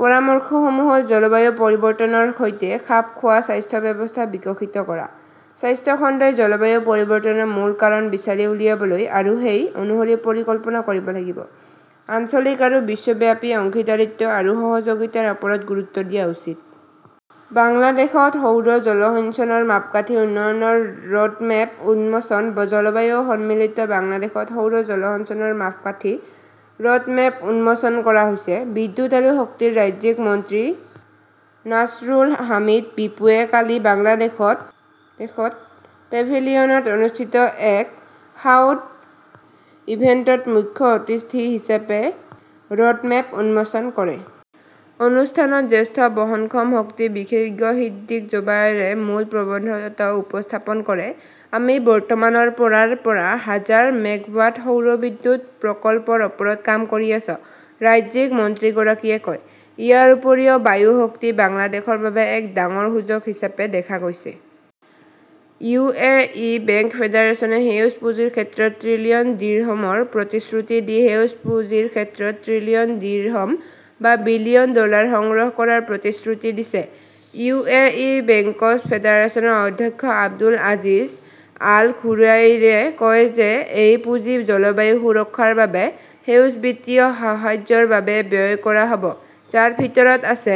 পৰামৰ্শসমূহ হ "ল-জলবায়ু পৰিৱৰ্তনৰ সৈতে খাপ খোৱা স্বাস্থ্য ব্যৱস্থা বিকশিত কৰা। স্বাস্থ্য খণ্ডই জলবায়ু পৰিৱৰ্তনৰ মূল কাৰণ বিচাৰি উলিয়াবলৈ আৰু সেই অনুসৰি পৰিকল্পনা কৰিব লাগিব। আঞ্চলিক আৰু বিশ্বব্যাপী অংশীদাৰিত্ব আৰু সহযোগিতাৰ ওপৰত গুৰুত্ব দিয়া উচিত। বাংলাদেশত সৌৰ জলসিঞ্চনৰ মাপকাঠি উন্নয়নৰ ৰোডমেপ উন্মোচন জলবায়ু সন্মিলনত বাংলাদেশত সৌৰ জলসিঞ্চনৰ মাপকাঠি ৰোডমেপ উন্মোচন কৰা হৈছে। বিদ্যুৎ আৰু শক্তিৰ ৰাজ্যিক মন্ত্ৰী নাছৰুল হামিদ বিপুৱে কালি বাংলাদেশ পেভিলিয়নত অনুষ্ঠিত এক সাইড ইভেণ্টত মুখ্য অতিথি হিচাপে ৰোডমেপ উন্মোচন কৰে। অনুষ্ঠানত জ্যেষ্ঠ বহনক্ষম শক্তি বিশেষজ্ঞ সিদ্দিক জোবায়েৰে মূল প্ৰবন্ধটো উপস্থাপন কৰে। আমি বৰ্তমান ৰ পৰা ৰ পৰা হাজাৰ মেগাৱাট সৌৰ বিদ্যুৎ প্ৰকল্পৰ ওপৰত কাম কৰি আছো ", ৰাজ্যিক মন্ত্ৰীগৰাকীয়ে কয়। ইয়াৰ উপৰিও বায়ু শক্তিক বাংলাদেশৰ বাবে এক ডাঙৰ সুযোগ হিচাপে দেখা গৈছে। ইউ. এ. ই. বেংক ফেডাৰেচনে সেউজ পুঁজিৰ ক্ষেত্ৰত ত্ৰিলিয়ন দিৰহমৰ প্ৰতিশ্ৰুতি দি সেউজ পুঁজিৰ ক্ষেত্ৰত ত্ৰিলিয়ন দিৰহম বা বিলিয়ন ডলাৰ সংগ্ৰহ কৰাৰ প্ৰতিশ্ৰুতি দিছে। ইউ. এ. ই. বেংকছ ফেডাৰেচনৰ অধ্যক্ষ আব্দুল আজিজ আল ঘুৰাইৰে কয় যে এই পুঁজি জলবায়ু সুৰক্ষাৰ বাবে সেউজ বিত্তীয় সাহায্যৰ বাবে ব্যয় কৰা হ 'ব, যাৰ ভিতৰত আছে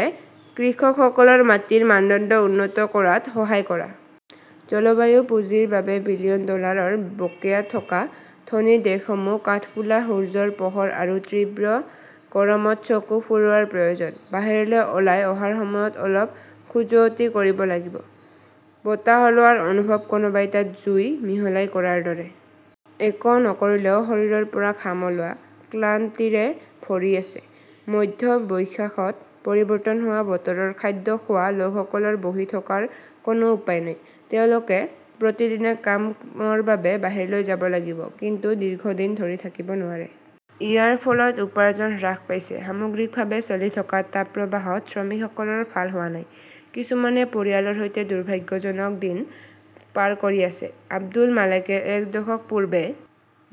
কৃষকসকলক মাটিৰ মানদণ্ড উন্নত কৰাত সহায় কৰা। জলবায়ু পুঁজিৰ বাবে বিলিয়ন ডলাৰ বকেয়া থকা ধনী দেশসমূহ কাঠফুলা সূৰ্যৰ পোহৰ আৰু তীব্ৰ গৰমত চকু ফুৰোৱাৰ প্ৰয়োজন। বাহিৰলৈ ওলাই অহাৰ সময়ত অলপ খজুৱতি কৰিব লাগিব। বতাহ ওলোৱাৰ অনুভৱ-কোনোবাই তাত জুই মিহলি কৰাৰ দৰে। একো নকৰিলেও শৰীৰৰ পৰা ঘাম ওলোৱা। ক্লান্তিৰে ভৰি আছে। মধ্য বৈশাখত পৰিৱৰ্তন হোৱা বতৰত খাদ্য খোৱা লোকসকলৰ বহি থকাৰ কোনো উপায় নাই। তেওঁলোকে প্ৰতিদিনে কামৰ বাবে বাহিৰলৈ যাব লাগিব। কিন্তু দীৰ্ঘদিন ধৰি থাকিব নোৱাৰে। ইয়াৰ ফলত উপাৰ্জন হ্ৰাস পাইছে। সামগ্ৰিকভাৱে চলি থকা তাপপ্ৰবাহত শ্ৰমিকসকলৰ ভাল হোৱা নাই। কিছুমানে পৰিয়ালৰ সৈতে দুৰ্ভাগ্যজনক দিন পাৰ কৰি আছে। আব্দুল মালেকে এক দশক পূৰ্বে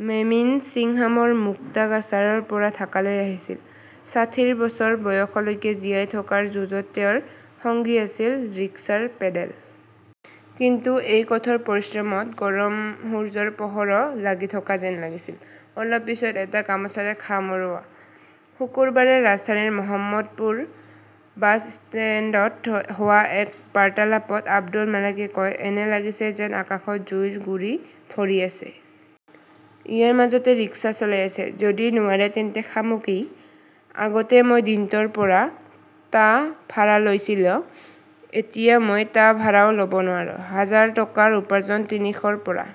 মেমিন্সিংহামৰ মুক্তাগাছাৰ পৰা ঢাকালৈ আহিছিল। ষাঠিৰ বছৰ বয়সলৈকে জীয়াই থকাৰ যুঁজত তেওঁৰ সঙ্গী আছিল ৰিক্সাৰ পেডেল। কিন্তু এই কঠোৰ পৰিশ্ৰমত গৰম সূৰ্যৰ পোহৰো লাগি থকা যেন লাগিছিল। অলপ পিছত এটা গামছাৰে ঘাম ওলোৱা। শুকুৰবাৰে ৰাজধানীৰ মহম্মদপুৰ বাছ ষ্টেণ্ডত হোৱা এক বাৰ্তালাপত আব্দুল মালেকে কয়, "এনে লাগিছে যেন আকাশত জুইৰ গুৰি ভৰি আছে। ইয়াৰ মাজতে ৰিক্সা চলাই আছে। যদি নোৱাৰে তেন্তে খামু কি? আগতে মই দিনটোত ৰ পৰা টা ভাড়া লৈছিলোঁ; এতিয়া মই টা ভাড়াও ল "ব নোৱাৰোঁ। হাজাৰ টকাৰ উপাৰ্জন তিনিশৰ পৰা